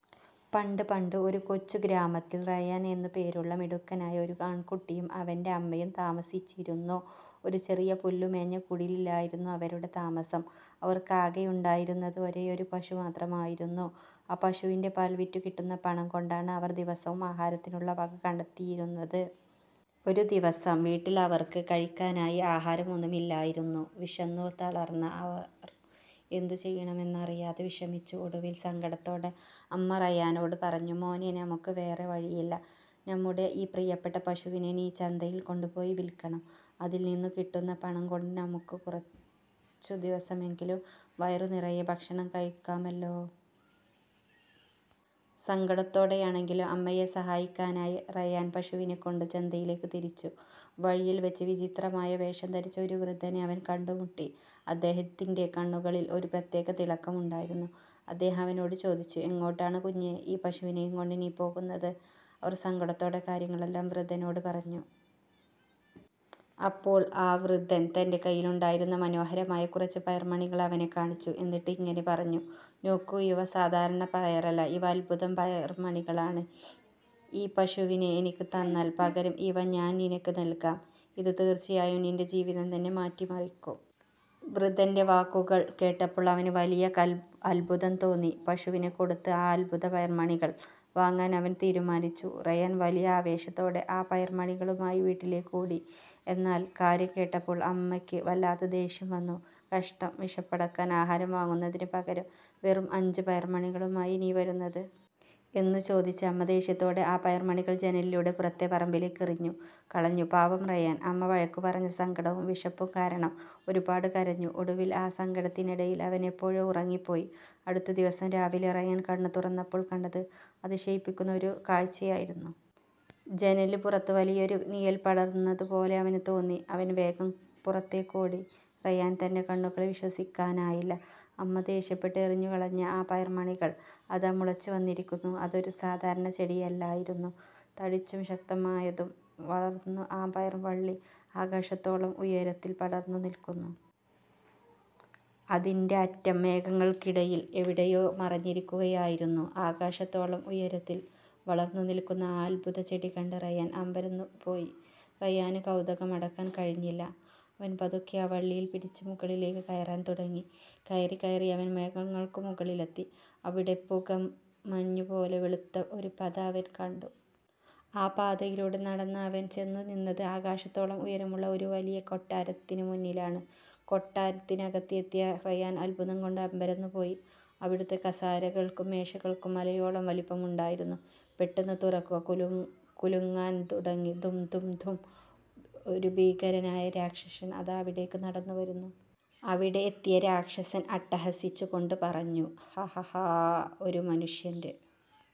പണ്ട് പണ്ട്, ഒരു കൊച്ചു ഗ്രാമത്തിൽ റയാൻ എന്നു പേരുള്ള മിടുക്കനായ ഒരു ആൺകുട്ടിയും അവന്റെ അമ്മയും താമസിച്ചിരുന്നു. ഒരു ചെറിയ പുല്ലുമേഞ്ഞ കുടിലിലായിരുന്നു അവരുടെ താമസം. അവർക്ക് ആകെയുണ്ടായിരുന്നത് ഒരേയൊരു പശു മാത്രമായിരുന്നു. ആ പശുവിന്റെ പാൽ വിറ്റു കിട്ടുന്ന പണം കൊണ്ടാണ് അവർ ദിവസവും ആഹാരത്തിനുള്ള വക കണ്ടെത്തിയിരുന്നത്. ഒരു ദിവസം വീട്ടിൽ അവർക്ക് കഴിക്കാനായി ആഹാരം ഒന്നുമില്ലായിരുന്നു. വിശന്നു തളർന്ന അവർ എന്തു ചെയ്യണമെന്നറിയാതെ വിഷമിച്ചു. ഒടുവിൽ സങ്കടത്തോടെ അമ്മ റയാനോട് പറഞ്ഞു: "മോനേ, നമുക്ക് വേറെ വഴിയില്ല. നമ്മുടെ ഈ പ്രിയപ്പെട്ട പശുവിനെ നീ ചന്തയിൽ കൊണ്ടുപോയി വിൽക്കണം. അതിൽ നിന്ന് കിട്ടുന്ന പണം കൊണ്ട് നമുക്ക് കുറച്ചു ദിവസമെങ്കിലും വയറുനിറയെ ഭക്ഷണം കഴിക്കാമല്ലോ. " സങ്കടത്തോടെയാണെങ്കിലും അമ്മയെ സഹായിക്കാനായി റയാൻ പശുവിനെയും കൊണ്ട് ചന്തയിലേക്ക് തിരിച്ചു. വഴിയിൽവച്ച് വിചിത്രമായ വേഷം ധരിച്ച ഒരു വൃദ്ധനെ അവൻ കണ്ടുമുട്ടി. അദ്ദേഹത്തിന്റെ കണ്ണുകളിൽ ഒരു പ്രത്യേക തിളക്കമുണ്ടായിരുന്നു. അദ്ദേഹം അവനോട് ചോദിച്ചു: "എങ്ങോട്ടാണ് കുഞ്ഞേ, ഈ പശുവിനെയും കൊണ്ട് നീ പോകുന്നത്? " അവൻ സങ്കടത്തോടെ കാര്യങ്ങളെല്ലാം വൃദ്ധനോട് പറഞ്ഞു. അപ്പോൾ ആ വൃദ്ധൻ തന്റെ കയ്യിലുണ്ടായിരുന്ന മനോഹരമായ കുറച്ച് പയർമണികൾ അവനെ കാണിച്ചു. എന്നിട്ട് ഇങ്ങനെ പറഞ്ഞു: "നോക്കൂ, ഇവ സാധാരണ പയറല്ല, ഇവ അത്ഭുത പയർമണികളാണ്. ഈ പശുവിനെ എനിക്ക് തന്നാൽ, പകരം ഇവ ഞാൻ നിനക്ക് നൽകാം. ഇത് തീർച്ചയായും നിന്റെ ജീവിതം തന്നെ മാറ്റിമറിക്കും. " വൃദ്ധന്റെ വാക്കുകൾ കേട്ടപ്പോൾ അവന് വലിയ അത്ഭുതം തോന്നി. പശുവിനെ കൊടുത്ത് ആ അത്ഭുത പയർമണികൾ വാങ്ങാൻ അവൻ തീരുമാനിച്ചു. റയാൻ വലിയ ആവേശത്തോടെ ആ പയർമണികളുമായി വീട്ടിലേക്ക് ഓടി. എന്നാൽ കാര്യം കേട്ടപ്പോൾ അമ്മയ്ക്ക് വല്ലാതെ ദേഷ്യം വന്നു. "കഷ്ടം! വിശപ്പടക്കാൻ ആഹാരം വാങ്ങുന്നതിന് പകരം വെറും അഞ്ച് പയർമണികളുമായാണോ നീ വരുന്നത്? " എന്ന് ചോദിച്ച് അമ്മ ദേഷ്യത്തോടെ ആ പയർമണികൾ ജനലിലൂടെ പുറത്തെ പറമ്പിലേക്ക് എറിഞ്ഞു കളഞ്ഞു. പാവം റയാൻ! അമ്മ വഴക്കു പറഞ്ഞ സങ്കടവും വിശപ്പും കാരണം ഒരുപാട് കരഞ്ഞു. ഒടുവിൽ, ആ സങ്കടത്തിനിടയിൽ അവൻ എപ്പോഴോ ഉറങ്ങിപ്പോയി. അടുത്ത ദിവസം രാവിലെ റയാൻ കണ്ണ് തുറന്നപ്പോൾ കണ്ടത് അതിശയിപ്പിക്കുന്ന ഒരു കാഴ്ചയായിരുന്നു! ജനലിന് പുറത്ത് വലിയൊരു നിഴൽ പടർന്നതുപോലെ അവന് തോന്നി. അവൻ വേഗം പുറത്തേക്ക് ഓടി. റയാന് തന്റെ കണ്ണുകളെ വിശ്വസിക്കാനായില്ല. അമ്മ ദേഷ്യപ്പെട്ട് എറിഞ്ഞുകളഞ്ഞ ആ പയർമണികൾ അതാ മുളച്ചു വന്നിരിക്കുന്നു. അതൊരു സാധാരണ ചെടിയല്ലായിരുന്നു. തടിച്ചും ശക്തമായും വളർന്ന ആ പയർവള്ളി ആകാശത്തോളം ഉയരത്തിൽ പടർന്നു നിൽക്കുന്നു. അതിന്റെ അറ്റം മേഘങ്ങൾക്കിടയിൽ എവിടെയോ മറഞ്ഞിരിക്കുകയായിരുന്നു. ആകാശത്തോളം ഉയരത്തിൽ വളർന്നു നിൽക്കുന്ന ആ അത്ഭുതചെടി കണ്ട് റയാൻ അമ്പരന്നുപോയി! റയാന് കൗതുകം അടക്കാൻ കഴിഞ്ഞില്ല. അവൻ പതുക്കെ ആ വള്ളിയിൽ പിടിച്ച് മുകളിലേക്ക് കയറാൻ തുടങ്ങി. കയറി കയറി അവൻ മേഘങ്ങൾക്കും മുകളിലെത്തി! അവിടെ പുകമഞ്ഞു പോലെ വെളുത്ത ഒരു പാത അവൻ കണ്ടു. ആ പാതയിലൂടെ നടന്ന അവൻ ചെന്നു നിന്നത് ആകാശത്തോളം ഉയരമുള്ള ഒരു വലിയ കൊട്ടാരത്തിന് മുന്നിലാണ്. കൊട്ടാരത്തിനകത്ത് എത്തിയ റയാൻ അത്ഭുതം കൊണ്ട് അമ്പരന്നുപോയി. അവിടുത്തെ കസേരകൾക്കും മേശകൾക്കും മലയോളം വലിപ്പമുണ്ടായിരുന്നു. പെട്ടെന്ന് തറയാകെ കുലുങ്ങാൻ തുടങ്ങി. ധും! ധും! ധും! ഒരു ഭീകരനായ രാക്ഷസൻ അതാ അവിടേക്ക് നടന്നുവരുന്നു! അവിടെ എത്തിയ രാക്ഷസൻ അട്ടഹസിച്ചു കൊണ്ട് പറഞ്ഞു: "ഹ! ഹ! ഹാ! ഒരു മനുഷ്യന്റെ